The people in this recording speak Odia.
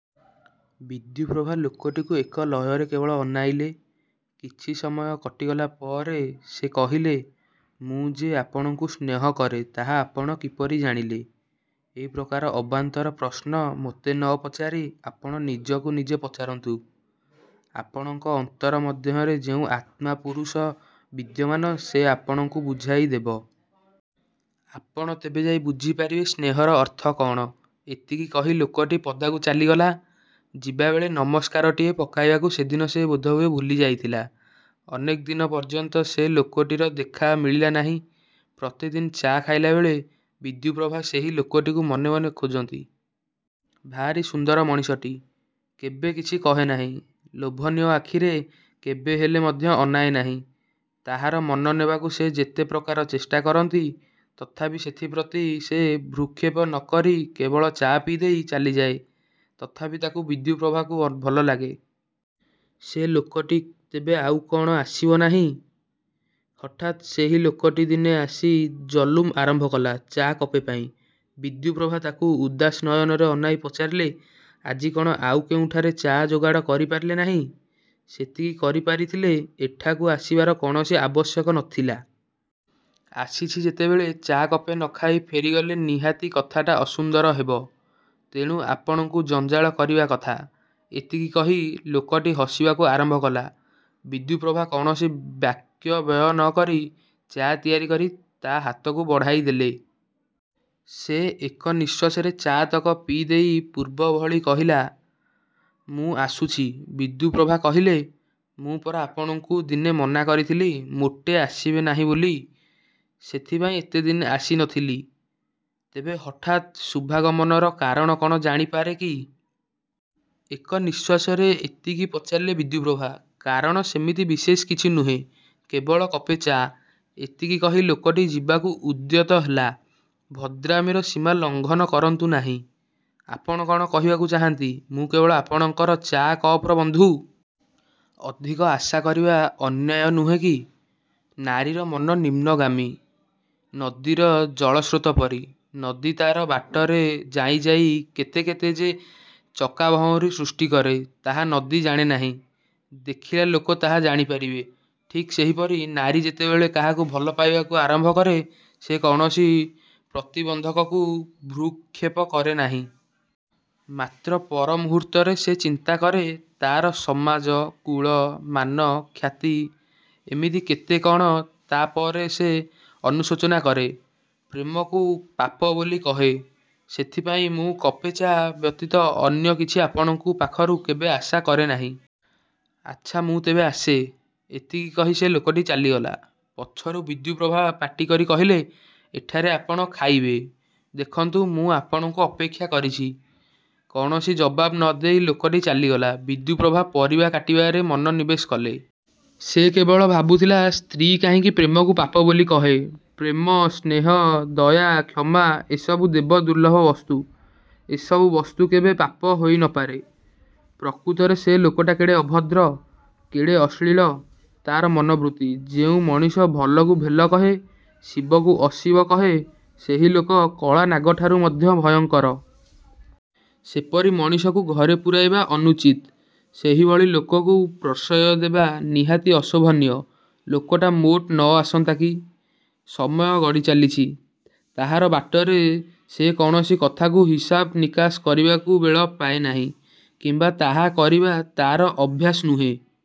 '' ବିଦ୍ୟୁପ୍ରଭା ଲୋକଟିକୁ ଏକ ଲୟରେ କେବଳ ଅନାଇଲେ। କିଛି ସମୟ କଟିଗଲା ପରେ ସେ କହିଲେ, ''ମୁଁ ଯେ ଆପଣଙ୍କୁ ସ୍ନେହକରେ ତାହା ଆପଣ କିପରି ଜାଣିଲେ? '' ''ଏପ୍ରକାର ଅବାନ୍ତର ପ୍ରଶ୍ନ ମୋତେ ନ ପଚାରି ଆପଣ ନିଜକୁ ନିଜେ ପଚାରନ୍ତୁ। ଆପଣଙ୍କ ଅନ୍ତର ମଧ୍ୟରେ ଯେଉଁ ଆତ୍ମା ପୁରୁଷ ବିଦ୍ୟମାନ ସେ ଆପଣଙ୍କୁ ବୁଝାଇ ଦେବ। ଆପଣ ତେବେ ଯାଇ ବୁଝିପାରିବେ ସ୍ନେହର ଅର୍ଥ କ'ଣ? '' ଏତିକି କହି ଲୋକଟି ପଦାକୁ ଚାଲିଗଲା। ଯିବାବେଳେ ନମସ୍କାରଟିଏ ପକାଇବାକୁ ସେଦିନ ସେ ବୋଧହୁଏ ଭୁଲି ଯାଇଥିଲା। ଅନେକ ଦିନ ପର୍ଯ୍ୟନ୍ତ ସେ ଲୋକଟିର ଦେଖା ମିଳିଲା ନାହିଁ। ପ୍ରତିଦିନ ଚା' ଖାଇଲାବେଳେ ବିଦ୍ୟୁପ୍ରଭା ସେହି ଲୋକଟିକୁ ମନେମନେ ଖୋଜନ୍ତି। ଭାରି ସୁନ୍ଦର ମଣିଷଟି। କେବେ କିଛି କହେନାହିଁ। ଲୋଭନୀୟ ଆଖିରେ କେବେହେଲେ ମଧ୍ୟ ଅନାଏ ନାହିଁ। ତାହାର ମନ ନେବାକୁ ସେ ଯେତେପ୍ରକାର ଚେଷ୍ଟା କରନ୍ତି ତଥାପି ସେଥିପ୍ରତି ସେ ଭ୍ରୂକ୍ଷେପ ନ କରି କେବଳ ଚା' ପିଇଦେଇ ଚାଲିଯାଏ। ତଥାପି ତାକୁ ବିଦ୍ୟୁପ୍ରଭାକୁ ଭଲଲାଗେ। ସେ ଲୋକଟି ତେବେ କ'ଣ ଆଉ ଆସିବ ନାହିଁ? ହଠାତ୍ ସେହି ଲୋକଟି ଦିନେ ଆସି ଜଲୁମ ଆରମ୍ଭ କଲା ଚା' କପେ ପାଇଁ। ବିଦ୍ୟୁପ୍ରଭା ତାକୁ ଉଦାସ ନୟନରେ ଅନାଇ ପଚାରିଲେ, ''ଆଜି କ'ଣ ଆଉ କେଉଁଠାରେ ଚା' ଯୋଗାଡ଼ କରିପାରିଲେ ନାହିଁ? '' ''ସେତିକି କରିପାରିଥିଲେ ଏଠାକୁ ଆସିବାର କୌଣସି ଆବଶ୍ୟକତା ନ ଥିଲା। ଆସିଛି ଯେତେବେଳେ ଚା' କପେ ନ ଖାଇ ଫେରିଗଲେ ନିହାତି କଥାଟା ଅସୁନ୍ଦର ହେବ। ତେଣୁ ଆପଣଙ୍କୁ ଜଞ୍ଜାଳ କରିବା କଥା। '' ଏତିକି କହି ଲୋକଟି ହସିବାକୁ ଆରମ୍ଭ କଲା। ବିଦ୍ୟୁପ୍ରଭା କୌଣସି ବାକ୍ୟ ବ୍ୟୟ ନ କରି ଚା' ତିଆରି କରି ତା' ହାତକୁ ବଢ଼ାଇ ଦେଲେ। ସେ ଏକ ନିଶ୍ୱାସରେ ଚା' ତକ ପିଇଦେଇ ପୂର୍ବ ଭଳି କହିଲା, ''ମୁଁ ଆସୁଛି। '' ବିଦ୍ୟୁପ୍ରଭା କହିଲେ, ''ମୁଁ ପରା ଆପଣଙ୍କୁ ଦିନେ ମନାକରିଥିଲି ମୋଟେ ଆସିବେ ନାହିଁ ବୋଲି। '' ''ସେଥିପାଇଁ ଏତେଦିନ ଆସିନଥିଲି। '' ''ତେବେ ହଠାତ୍ ଶୁଭାଗମନର କାରଣ କ'ଣ ଜାଣିପାରେକି? '' ଏକ ନିଶ୍ୱାସରେ ଏତିକି ପଚାରିଲେ ବିଦ୍ୟୁପ୍ରଭା। ''କାରଣ ସେମିତି ବିଶେଷ କିଛି ନୁହେଁ। କେବଳ କପେ ଚା'। '' ଏତିକି କହି ଲୋକଟି ଯିବାକୁ ଉଦ୍ୟତ ହେଲା। ''ଭଦ୍ରାମିର ସୀମା ଲଙ୍ଘନ କରନ୍ତୁ ନାହିଁ। ଆପଣ କ'ଣ କହିବାକୁ ଚାହାଁନ୍ତି ମୁଁ କେବଳ ଆପଣଙ୍କର ଚା' କପ୍କର ବନ୍ଧୁ? '' ''ଅଧିକ ଆଶା କରିବା ଅନ୍ୟାୟ ନୁହେଁ କି? ନାରୀର ମନ ନିମ୍ନଗାମୀ ନଦୀର ଜଳସ୍ରୋତ ପରି। ନଦୀ ତା'ର ବାଟରେ ଯାଉଁ ଯାଉଁ କେତେ କେତେ ଯେ ଚକାଭଉଁରୀ ସୃଷ୍ଟିକରେ ତାହା ନଦୀ ଜାଣେନାହିଁ। ଦେଖିଲା ଲୋକ ତାହା ଜାଣିପାରେ। ଠିକ୍ ସେହିପରି ନାରୀ ଯେତେବେଳେ କାହାକୁ ଭଲ ପାଇବାକୁ ଆରମ୍ଭ କରେ ସେ କୌଣସି ପ୍ରତିବନ୍ଧକକୁ ଭ୍ରୂକ୍ଷେପ କରେନାହିଁ। ମାତ୍ର ପରମୁହୂର୍ତ୍ତରେ ସେ ଚିନ୍ତା କରେ ତା'ର ସମାଜ, କୁଳ, ମାନ, ଖ୍ୟାତି, ଏମିତି କେତେ କ'ଣ। ତା'ପରେ ସେ ଅନୁଶୋଚନା କରେ। ପ୍ରେମକୁ ପାପ ବୋଲି କହେ। ସେଥିପାଇଁ ମୁଁ କପେ ଚା' ବ୍ୟତୀତ ଅନ୍ୟ କିଛି ଆପଣଙ୍କ ପାଖରୁ କେବେ ଆଶା କରେନାହିଁ। ଆଚ୍ଛା ମୁଁ ତେବେ ଆସେ। '' ଏତିକି କହି ସେ ଲୋକଟି ଚାଲିଗଲା। ପଛରୁ ବିଦ୍ୟୁପ୍ରଭା ପାଟିକରି କହିଲେ, ''ଏଠାରେ ଆପଣ ଖାଇବେ ଦେଖନ୍ତୁ ମୁଁ ଆପଣଙ୍କୁ ଅପେକ୍ଷା କରିଛି। '' କୌଣସି ଜବାବ୍ ନ ଦେଇ ଲୋକଟି ଚାଲିଗଲା। ବିଦ୍ୟୁପ୍ରଭା ପରିବା କାଟିବାରେ ମନ ନିବେଶ କଲେ। ସେ କେବଳ ଭାବୁଥିଲେ ସ୍ତ୍ରୀ କାହିଁକି ପ୍ରେମକୁ ପାପ ବୋଲି କହେ? ପ୍ରେମ, ସ୍ନେହ, ଦୟା, କ୍ଷମା ଏସବୁ ଦେବଦୁର୍ଲ୍ଲଭ ବସ୍ତୁ। ଏ ସବୁ ବସ୍ତୁ କେବେ ପାପ ହୋଇନପାରେ। ପ୍ରକୃତରେ ସେ ଲୋକଟା କେଡ଼େ ଅଭଦ୍ର। କେଡ଼େ ଅଶ୍ଳୀଳ ତା'ର ମନବୃତ୍ତି। ଯେଉଁ ମଣିଷ ଭଲକୁ ଭେଲ କହେ, ଶିବକୁ ଅଶିବ କହେ ସେହି ଲୋକ କଳାନାଗଠାରୁ ମଧ୍ୟ ଭୟଙ୍କର। ସେପରି ମଣିଷକୁ ଘରେ ପୂରାଇବା ଅନୁଚିତ୍। ସେହିଭଳି ଲୋକକୁ ପ୍ରଶ୍ରୟ ଦେବା ନିହାତି ଅଶୋଭନୀୟ। ଲୋକଟା ମୋଟ ନ ଆସନ୍ତା କି। ସମୟ ଗଡ଼ିଚାଲିଛି। ତାହାର ବାଟରେ। ସେ କୌଣସି କଥାକୁ ହିସାବ ନିକାଶ କରିବାକୁ ବେଳ ପାଏ ନାହିଁ କିମ୍ବା ତାହା କରିବା ତା'ର ଅଭ୍ୟାସ ନୁହେଁ।